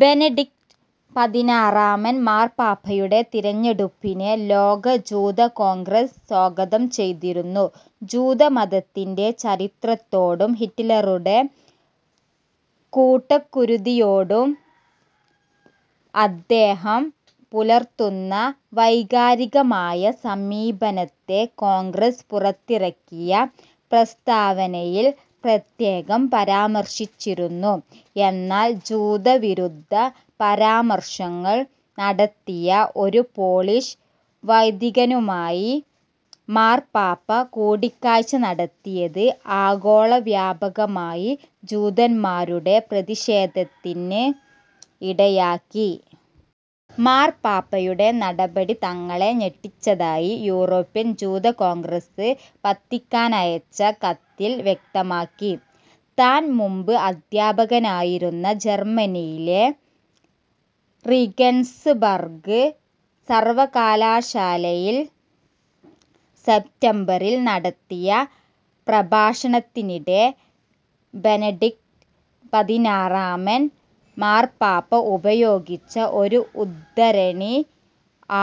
Benedict പതിനാറാമൻ മാർപ്പാപ്പയുടെ തെരഞ്ഞെടുപ്പിനെ ലോക ജൂത കോൺഗ്രസ് സ്വാഗതം ചെയ്തിരുന്നു. ജൂത മതത്തിന്റെ ചരിത്രത്തോടും ഹിറ്റ്ലറുടെ കൂട്ടക്കുരിതിയോടും അദ്ദേഹം പുലർത്തുന്ന വൈകാരികമായ സമീപനത്തെ കോൺഗ്രസ് പുറത്തിറക്കിയ പ്രസ്താവനയിൽ പ്രത്യേകം പരാമർശിച്ചിരുന്നു. എന്നാൽ ജൂത വിരുദ്ധ പരാമർശങ്ങൾ നടത്തിയ ഒരു പോളിഷ് വൈദികനുമായി മാർപ്പാപ്പ കൂടിക്കാഴ്ച്ച നടത്തിയത് ആഗോള വ്യാപകമായി ജൂതൻമാരുടെ പ്രതിഷേധത്തിന് ഇടയാക്കി. മാർപ്പാപ്പയുടെ നടപടി തങ്ങളെ ഞെട്ടിച്ചതായി യൂറോപ്യൻ ജൂത കോൺഗ്രസ് വത്തിക്കാനയച്ച കത്തിൽ വ്യക്തമാക്കി. താൻ മുൻപ് അദ്ധ്യാപകനായിരുന്ന ജർമനിയിലെ റീഗൻസ്ബർഗ് സർവകലാശാലയിൽ സെപ്റ്റംബറിൽ നടത്തിയ പ്രഭാഷണത്തിനിടെ ബെനെഡിക്ട് പതിനാറാമൻ മാർപ്പാപ്പ ഉപയോഗിച്ച ഒരു ഉദ്ധരണി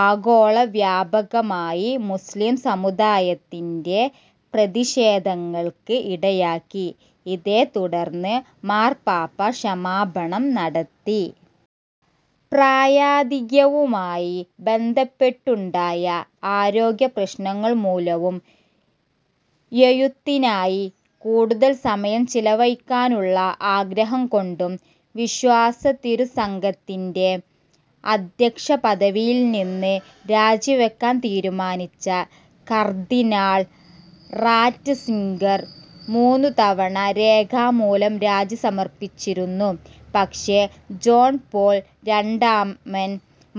ആഗോള വ്യാപകമായി മുസ്ലിം സമൂദായത്തിന്റെ പ്രതിഷേധങ്ങൾക്ക് ഇടയാക്കി. ഇതേ തുടർന്ന് മാർപ്പാപ്പ ക്ഷമാപണം നടത്തി. പ്രായാധിക്യവുമായി ബന്ധപ്പെട്ടുണ്ടായ ആരോഗ്യ പ്രശ്നങ്ങൾ മൂലവും എഴുത്തിനായി കൂടുതൽ സമയം ചെലവഴിക്കാനുള്ള ആഗ്രഹം കൊണ്ടും വിശ്വാസ തിരുസംഘത്തിൻറെ അധ്യക്ഷ പദവിയിൽനിന്ന് രാജിവെക്കാൻ തീരുമാനിച്ച കർദ്ദിനാൾ റാറ്റ്സിംഗർ മൂന്നു തവണ രേഖാമൂലം രാജി സമർപ്പിച്ചിരുന്നു. പക്ഷെ, ജോൺ പോൾ രണ്ടാമൻ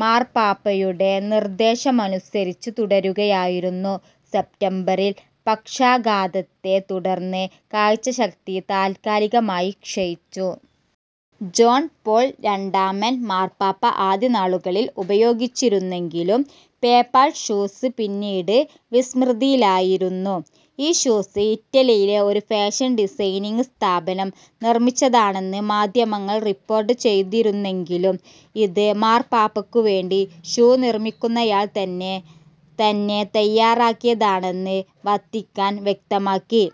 മാർപ്പാപ്പയുടെ നിർദ്ദേശമനുസരിച്ച് തുടരുകയായിരുന്നു. സെപ്റ്റംബറിൽ പക്ഷാഘാതത്തെ തുടർന്ന് കാഴ്ച്ചശക്തി താൽകാലികമായി ക്ഷയിച്ചു. ജോൺ പോൾ രണ്ടാമൻ മാർപ്പാപ്പ ആദ്യ നാളുകളിൽ ഉപയോഗിച്ചിരുന്നെങ്കിലും പേപ്പൽ ഷൂസ് പിന്നീട് വിസ്മൃതിയിലായിരുന്നു. ഈ ഷൂസ് ഇറ്റലിയിലെ ഒരു ഫാഷൻ ഡിസൈനിംഗ് സ്ഥാപനം നിർമിച്ചതാണെന്ന് മാധ്യമങ്ങൾ റിപ്പോർട്ട് ചെയ്തിരുന്നെങ്കിലും ഇത് മാർപ്പാപ്പക്കു വേണ്ടി ഷൂ നിർമ്മിക്കുന്നയാൾതന്നെ തന്നെ തയ്യാറാക്കിയതാണെന്ന് വത്തിക്കാൻ വ്യക്തമാക്കി.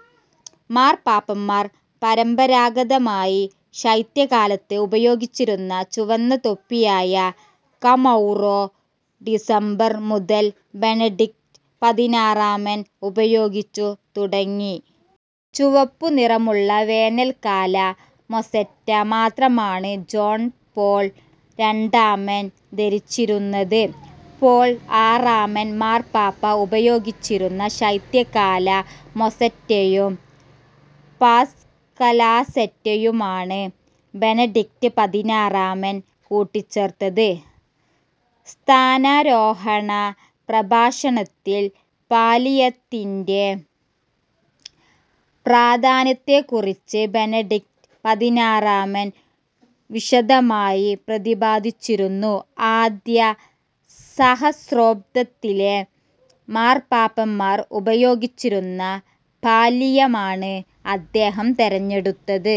മാർപ്പാപ്പമാർ പരമ്പരാഗതമായി ശൈത്യകാലത്ത് ഉപയോഗിച്ചിരുന്ന ചുവന്ന തൊപ്പിയായ കമൗറോ ഡിസംബർ മുതൽ ബെനെഡിക്ട് പതിനാറാമൻ ഉപയോഗിച്ചു തുടങ്ങി. ചുവപ്പു നിറമുള്ള വേനൽകാല മോസെറ്റ മാത്രമാണ് ജോൺ പോൾ രണ്ടാമൻ ധരിച്ചിരുന്നത്. പോൾ ആറാമൻ മാർപ്പാപ്പ ഉപയോഗിച്ചിരുന്ന ശൈത്യകാല മോസ്സെറ്റയും പാസ്കൽാസെറ്റയുമാണ് ബെനഡിക്ട് പതിനാറാമൻ കൂട്ടിച്ചേർത്തത്. സ്ഥാനാരോഹണ പ്രഭാഷണത്തിൽ പാല്ലിയത്തിൻറെ പ്രാധാന്യത്തെക്കുറിച്ച് ബെനെഡിക്ട് പതിനാറാമൻ വിശദമായി പ്രതിപാദിച്ചിരുന്നു. ആദ്യ സഹസ്രാബ്ദത്തിലെ മാർപ്പാപ്പമാർ ഉപയോഗിച്ചിരുന്ന പാല്ലിയമാണ് അദ്ദേഹം തെരഞ്ഞെടുത്തത്.